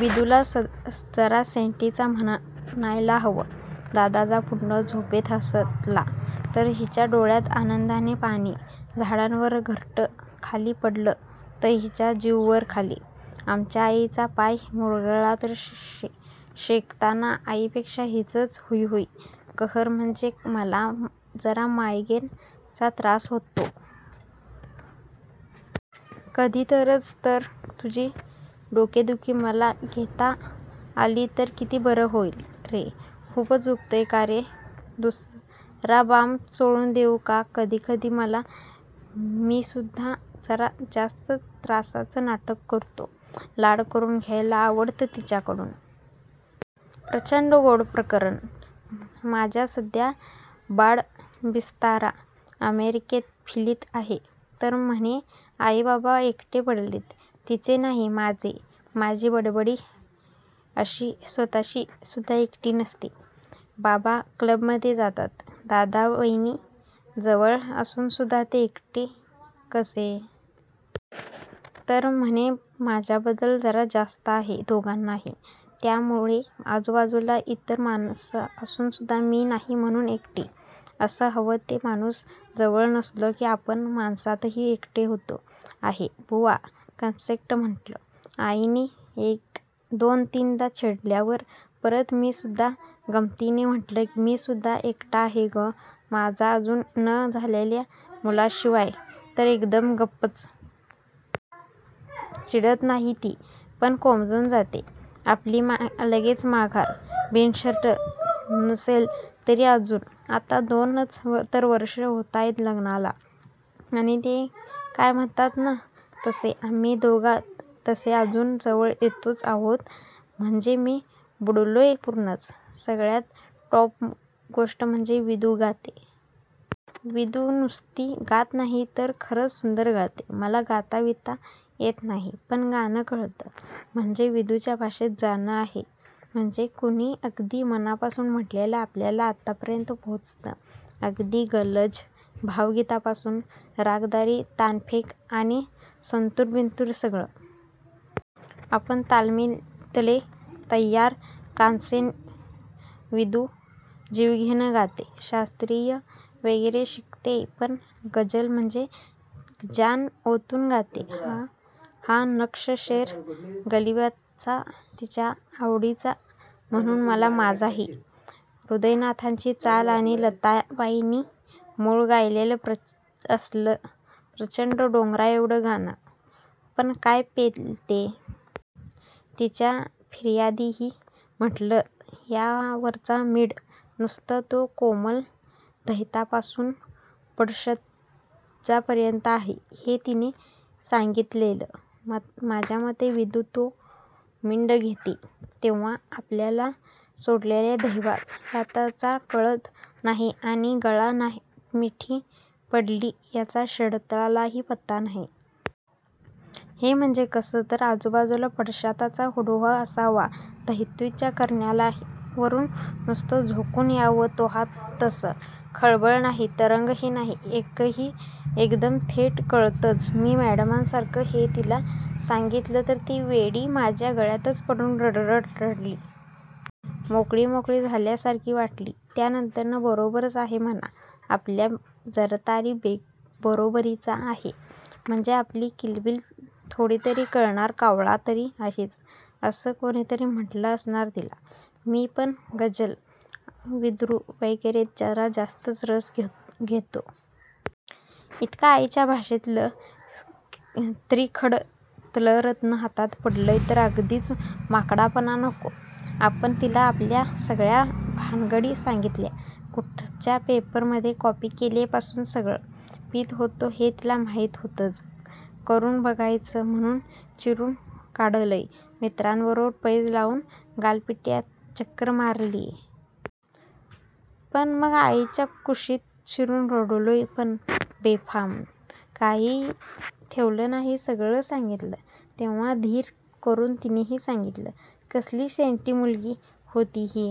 विदूला जरा सेंटीच म्हणायला हवं. दादाचा पुंडू झोपेत हसला तर हिच्या डोळ्यात आनन्दाने पाणी, झाडावरचं घरटं खाली पडलं तर हीचा जीव वर खाली, आमच्या आईचा पाय मुरगळला तर, शेकताना आईपेक्षा हिचंच हाई-हुई. कहर म्हणजे, मला जरा मायग्रेन चा त्रास होतो. कधीतरीच तर, तुझी डोकेदुखी मला घेता आली तर किती बरं होईल, रे, खूपच दुखतय कारे? दुसरा बाम चोळून देऊ का? कधी-कधी मग मीसुद्धा जरा जास्तच त्रासाचं नाटक करतो, लाड करून घ्यायला आवडतं तिच्याकडून. प्रच्चंड गोड प्रकरण. माझा सध्या बाड-बिस्तरा अमेरिकेत फिलीत आहे. तर म्हणे आई-बाबा एकटे पडलेत! तिचे नाही, माझे! माझी बडबडी आई स्वत:शी सुद्धा एकटी नसते. बाबा क्लबमध्ये जातात. दादा, वैनी जवळ असुनसुद्धा ते एकटे कसे? तर म्हणे माझ्याबद्दल जरा जास्तं आहे दोघांनाही. त्यामुळे आजूबाजूला इतर माणसं असूनसुद्धा 'मी' नाही म्हणून 'एकटे'. असं हवं ते माणूस जवळ नसलो की आपण माणसातही एकटे होतो. आहे बुवा कन्सेप्ट, म्हटलं! आईने दोन-तिनदा छेडल्यावर, परवा मी सुद्धा गमतीने म्हटलं 'मी सुद्धा एकटा आहे गं माझ्या अजून न झालेल्या मुलांशिवाय' तर एकदम गप्पच. चिडत नाही ती, पण कोमाऊन जाते. आपली लगेच माघार, बिनशर्त! नसेल तयारी अजून. आत्ता दोनच तर वर्षं होतायत लग्नाला आणि ते काय म्हणतात न,. तसे आम्ही दोघं तसे अजून जवळ येतोच आहोत. म्हणजे मी बुडलोय पूर्णच, सगळ्यात टॉप गोष्ट म्हणजे विदू "गाते"! विदू नुसती गात नाही, तर खरच सुंदर गाते. मला गाता-बिता येत नाही. पण गाणं कळतं. म्हणजे विदूच्या भाषेत, "जाण आहे". म्हणजे कुणी अगदी मनापासून म्हटलेलं आपल्या आतपर्यंत पोचतं. अगदी गझल, भावगीतापासून, रागदारी तानफेक आणि संतूर-बिंतूर, सगळं. आपण तालमितले तय्यार "कानसेन"! विदू जीवघेणं गाते. शास्त्रीय वगैरे शिकलीये पण गझल म्हणजे, जान ओतून गाते. हा नक्षं शेर गालिबचा तिचा आवडीचा म्हणून मग माझाही. हृदयनाथांची चाल आणि लताबाईंनी मूळ गायलेलं असलं प्रचंड डोंगराएवढं गाणं पण काय पेलते! तिच्या फरियादी मधल्या या वरचा मिंड, नुसतं. 'तो कोमल धैवतापासून षड्जापर्यंत आहे' हे तिने सांगितलेलं. माझ्यामते, विदू तो मिंड घेते तेव्हा, आपल्याला सोडलेलं धैवताला कळत नाही आणि गळा मिठी पडली याचा षड्जालाही पत्ता नाही. हे म्हणजे कसं? तर, आजूबाजूला षडजाचा डोह असावा, धैवताच्या किनार्यावरून नुसतं झोकून द्यावं डोहात तसं. खळबळ नाही, तरंगही नाही, एकही! एकदम थेट तळंच. मी मॅडसारखं हे तिला सांगितलं तर वेडी माझ्या गळ्यात पडून रड-रड रडली. मोकळी मोकळी झाल्यासारखी वाटली त्यानंतर. बरोबरच आहे म्हणा, आपल्या जरातरी बरोबरीचा आहे, म्हणजे आपली किलबिल थोडीतरी कळणारा कावळा तरी आहेच, असं काहीतरी वाटलं असणार तिला. मी पण गझल, उर्दू वगैरेत जरा जास्तं रस घेतो. इतकं आईच्या भाषेतलं त्रिखंडातलं रत्नं हातात पडलय तर अगदीच माकडपणा नको. आपण तिला आपल्या सगळ्या भानगडी सांगितल्या. कुठच्या पेपर मध्ये कॉपी केलीये पासून सगळं. पीत होतो हे तिला माहीत होतंच, करून बघायचं म्हणून चिरूट ओढलाय, मित्रांबरोबर पैज लावून गोलपिठ्यात चक्कर मारलीये.. पण मग आईच्या कुशीत शिरून रडलोय पण बेफाम. काही ठेवलं नाही सगळं सांगितलं. तेव्हा धीर करून तिनेही सांगितल. कसली सेंटी मुलगी होती ही